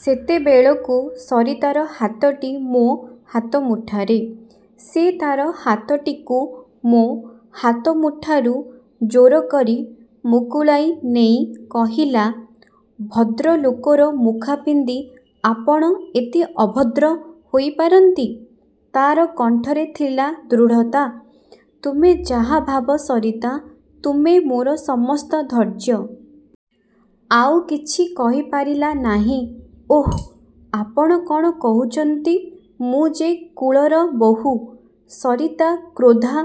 ସେତେବେଳକୁ ସରିତାର ହାତଟି ମୋ ହାତମୁଠାରେ। ସେ ତା'ର ହାତଟିକୁ ମୋ ହାତମୁଠାରୁ ଜୋରକରି ମୁକୁଳାଇ ନେଇ କହିଲା, 'ଭଦ୍ରଲୋକର ମୁଖାପିନ୍ଧି ଆପଣ ଏତେ ଅଭଦ୍ର ହୋଇପାରନ୍ତି? ' ତା'ର କଣ୍ଠରେ ଥିଲା ଦୃଢ଼ତା। ''ତୁମେ ଯାହା ଭାବ ସରିତା, ତୁମେ ମୋର ସମସ୍ତ ଧୈର୍ଯ୍ୟ। '' ଆଉକିଛି କହିପାରିଲି ନାହିଁ। ''ଓଃ, ଆପଣ କ'ଣ କହୁଛନ୍ତି? ମୁଁ ଯେ କୁଳର ବହୂ। '' ସରିତା କ୍ରୋଦ୍ଧା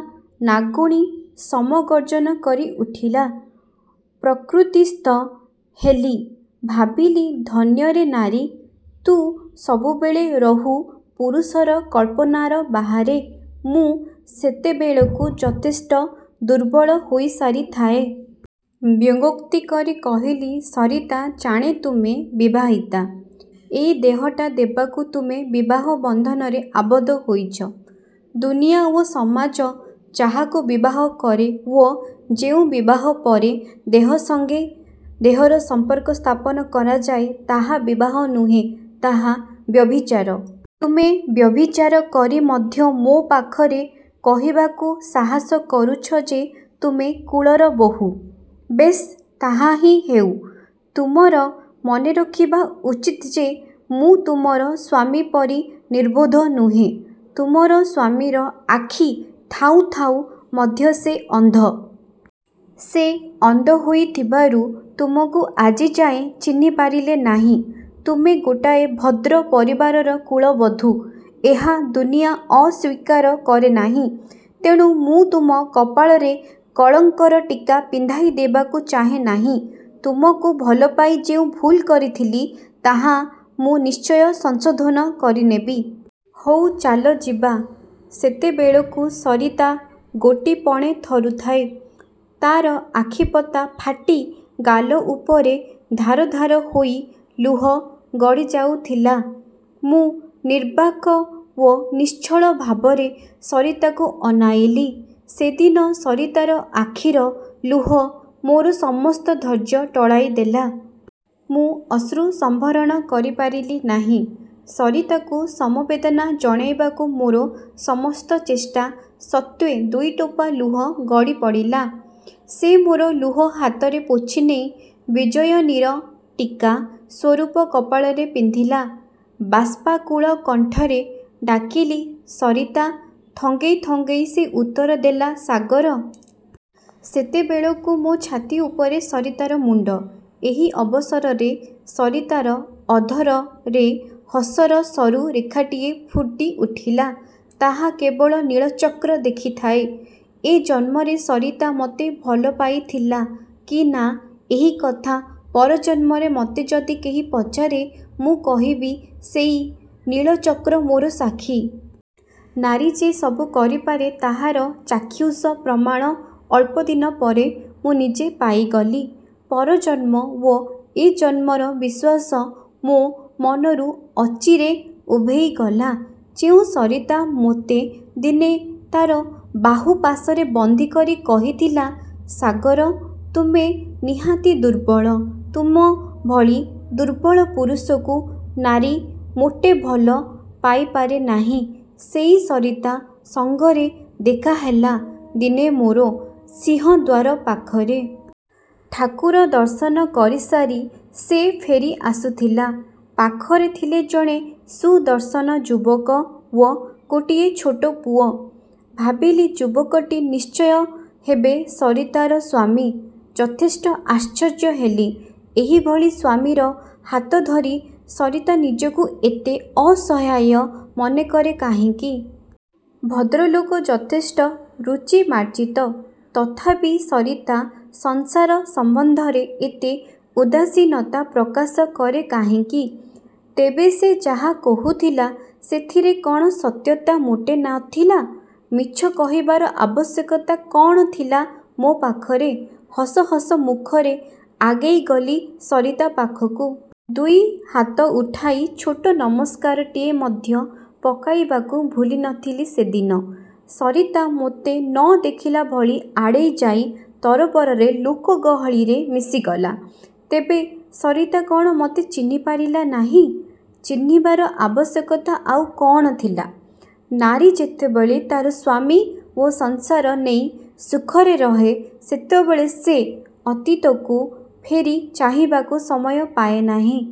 ନାଗୁଣୀ ସମ ଗର୍ଜନ କରିଉଠିଲା। ପ୍ରକୃତିସ୍ଥ ହେଲି। ଭାବିଲି ଧନ୍ୟରେ ନାରୀ! ତୁ ସବୁବେଳେ ରହୁ ପୁରୁଷର କଳ୍ପନାର ବାହାରେ। ମୁଁ ସେତେବେଳକୁ ଯଥେଷ୍ଟ ଦୁର୍ବଳ ହୋଇସାରିଥାଏ। ବ୍ୟଙ୍ଗୋକ୍ତି କରି କହିଲି, ''ସରିତା! ଜାଣେ ତୁମେ ବିବାହିତା। ଏହି ଦେହଟା ଦେବାକୁ ତୁମେ ବିବାହ ବନ୍ଧନରେ ଆବଦ୍ଧ ହୋଇଛ। ଦୁନିଆ ଓ ସମାଜ ଯାହାକୁ ବିବାହ କରେ ଓ ଯେଉଁ ବିବାହ ପରେ ଦେହ ସଙ୍ଗେ ଦେହର ସମ୍ପର୍କ ସ୍ଥାପନ କରାଯାଏ, ତାହା ବିବାହ ନୁହେଁ, ତାହା ବ୍ୟଭିଚାର। ତୁମେ ବ୍ୟଭିଚାର କରି ମଧ୍ୟ ମୋ ପାଖରେ କହିବାକୁ ସାହସ କରୁଛ ଯେ ତୁମେ କୁଳର ବୋହୂ। ବେଶ୍ ତାହାହିଁ ହେଉ। ତୁମର ମନେରଖିବା ଉଚିତ ଯେ ମୁଁ ତୁମର ସ୍ୱାମୀ ପରି ନିର୍ବୋଧ ନୁହେଁ। ତୁମର ସ୍ୱାମୀର ଆଖି ଥାଉଁ ଥାଉଁ ମଧ୍ୟ ସେ ଅନ୍ଧ। ସେ ଅନ୍ଧହୋଇଥିବାରୁ ତୁମକୁ ଆଜି ଯାଏ ଚିହ୍ନିପାରିଲେ ନାହିଁ। ତୁମେ ଗୋଟାଏ ଭଦ୍ର ପରିବାରର କୁଳ ବଧୂ। ଏହା ଦୁନିଆ ଅସ୍ୱୀକାର କରେ ନାହିଁ। ତେଣୁ ମୁଁ ତୁମ କପାଳରେ କଳଙ୍କର ଟୀକା ପିନ୍ଧାଇ ଦେବାକୁ ଚାହେଁ ନାହିଁ। ତୁମକୁ ଭଲପାଇ ଯେଉଁ ଭୁଲକରିଥିଲି, ତାହା ମୁଁ ନିଶ୍ଚୟ ସଂଶୋଧନ କରିନେବି। ହଉ ଚାଲ ଯିବା। '' ସେତେବେଳକୁ ସରିତା ଗୋଟିପଣେ ଥରୁଥାଏ। ତା'ର ଆଖିପତା ଫାଟି ଗାଲ ଉପରେ ଧାର ଧାର ହୋଇ ଲୁହ ଗଡ଼ିଯାଉଥିଲା। ମୁଁ ନିର୍ବାକ ଓ ନିଶ୍ଚଳ ଭାବରେ ସରିତାକୁ ଅନାଇଲି। ସେଦିନ ସରିତାର ଆଖିର ଲୁହ ମୋର ସମସ୍ତ ଧୈର୍ଯ୍ୟ ଟଳାଇ ଦେଲା। ମୁଁ ଅଶ୍ରୁ ସମ୍ବରଣ କରିପାରିଲି ନାହିଁ। ସରିତାକୁ ସମବେଦନା ଜଣାଇବାକୁ ମୋର ସମସ୍ତ ଚେଷ୍ଟା ସତ୍ତ୍ଵେ ଦୁଇଟୋପା ଲୁହ ଗଡ଼ିପଡ଼ିଲା। ସେ ମୋର ଲୁହ ହାତରେ ପୋଛିନେଇ। ବିଜୟନୀର ଟୀକା ସ୍ୱରୂପ କପାଳରେ ପିନ୍ଧିଲା-। ବାଷ୍ପାକୁଳ କଣ୍ଠରେ ଡାକିଲି, ''ସରିତା! '' ଥଙ୍ଗେଇ ଥଙ୍ଗେଇ ସେ ଉତ୍ତରଦେଲା, ''ସାଗର! '' ସେତେବେଳକୁ ମୋ ଛାତି ଉପରେ ସରିତାର ମୁଣ୍ଡ। ଏହି ଅବସରରେ ସରିତାର ଅଧରରେ ହସର ସରୁ ରେଖାଟିଏ ଫୁଟିଉଠିଲା। ତାହା କେବଳ ନୀଳଚକ୍ର ଦେଖିଥାଏ। ଏ ଜନ୍ମରେ ସରିତା ମୋତେ ଭଲପାଇଥିଲା କି ନା ଏହି କଥା ପରଜନ୍ମରେ ମୋତେ ଯଦି କେହି ପଚାରେ, ମୁଁ କହିବି ସେହି ନୀଳଚକ୍ର ମୋର ସାକ୍ଷୀ। ନାରୀ ଯେ ସବୁ କରିପାରେ ତାହାର ଚାକ୍ଷୁସ ପ୍ରମାଣ ଅଳ୍ପଦିନ ପରେ ମୁଁ ନିଜେ ପାଇଗଲି। ପରଜନ୍ମ ଓ ଏ ଜନ୍ମର ବିଶ୍ୱାସ ମୋ ମନରୁ ଅଚିରେ ଉଭେଇଗଲା। ଯେଉଁ ସରିତା ମୋତେ ଦିନେ ତା'ର ବାହୁପାଶରେ ବନ୍ଦୀକରି କହିଥିଲା, ''ସାଗର! ତୁମେ ନିହାତି ଦୁର୍ବଳ, ତୁମ ଭଳି ଦୁର୍ବଳ ପୁରୁଷକୁ ନାରୀ ମୋଟେ ଭଲ ପାଇପାରେ ନାହିଁ'', ସେହି ସରିତା ସଙ୍ଗରେ ଦେଖାହେଲା ଦିନେ ମୋର ସିଂହଦ୍ଵାର ପାଖରେ। ଠାକୁର ଦର୍ଶନ କରିସାରି ସେ ଫେରି ଆସୁଥିଲା। ପାଖରେ ଥିଲେ ଜଣେ ସୁଦର୍ଶନ ଯୁବକ ଓ ଗୋଟିଏ ଛୋଟ ପୁଅ। ଭାବିଲି ଯୁବକଟି ନିଶ୍ଚୟ ହେବେ ସରିତାର ସ୍ୱାମୀ। ଯଥେଷ୍ଟ ଆଶ୍ଚର୍ଯ୍ୟ ହେଲି। ଏହିଭଳି ସ୍ୱାମୀର ହାତଧରି ସରିତା ନିଜକୁ ଏତେ ଅସହାୟ ମନେକରେ କାହିଁକି? ଭଦ୍ରଲୋକ ଯଥେଷ୍ଟ ରୁଚିମାର୍ଜିତ। ତଥାପି ସରିତା ସଂସାର ସମ୍ବନ୍ଧରେ ଏତେ ଉଦାସୀନତା ପ୍ରକାଶ କରେ କାହିଁକି? ତେବେ ସେ ଯାହା କହୁଥିଲା, ସେଥିରେ କ'ଣ ସତ୍ୟତା ମୋଟେ ନ ଥିଲା? ମିଛ କହିବାର ଆବଶ୍ୟକତା କ'ଣ ଥିଲା ମୋ ପାଖରେ? ହସ ହସ ମୁଖରେ ଆଗେଇଗଲି ସରିତା ପାଖକୁ। ଦୁଇ ହାତ ଉଠାଇ ଛୋଟ ନମସ୍କାରଟିଏ ମଧ୍ୟ ପକାଇବାକୁ ଭୁଲି ନଥିଲି ସେଦିନ। ସରିତା ମୋତେ ନ ଦେଖିଲାଭଳି ଆଡ଼େଇଯାଇ ତରବରରେ ଲୋକ ଗହଳିରେ ମିଶିଗଲା। ତେବେ ସରିତା କ'ଣ ମୋତେ ଚିହ୍ନିପାରିଲା ନାହିଁ? ଚିହ୍ନିବାର ଆବଶ୍ୟକତା ଆଉ କ'ଣ ଥିଲା? ନାରୀ ଯେତେବେଳେ ତା'ର ସ୍ୱାମୀ ଓ ସଂସାର ନେଇ ସୁଖରେ ରହେ ସେତେବେଳେ ସେ ଅତୀତକୁ ଫେରି ଚାହିଁବାକୁ ସମୟ ପାଏ ନାହିଁ-।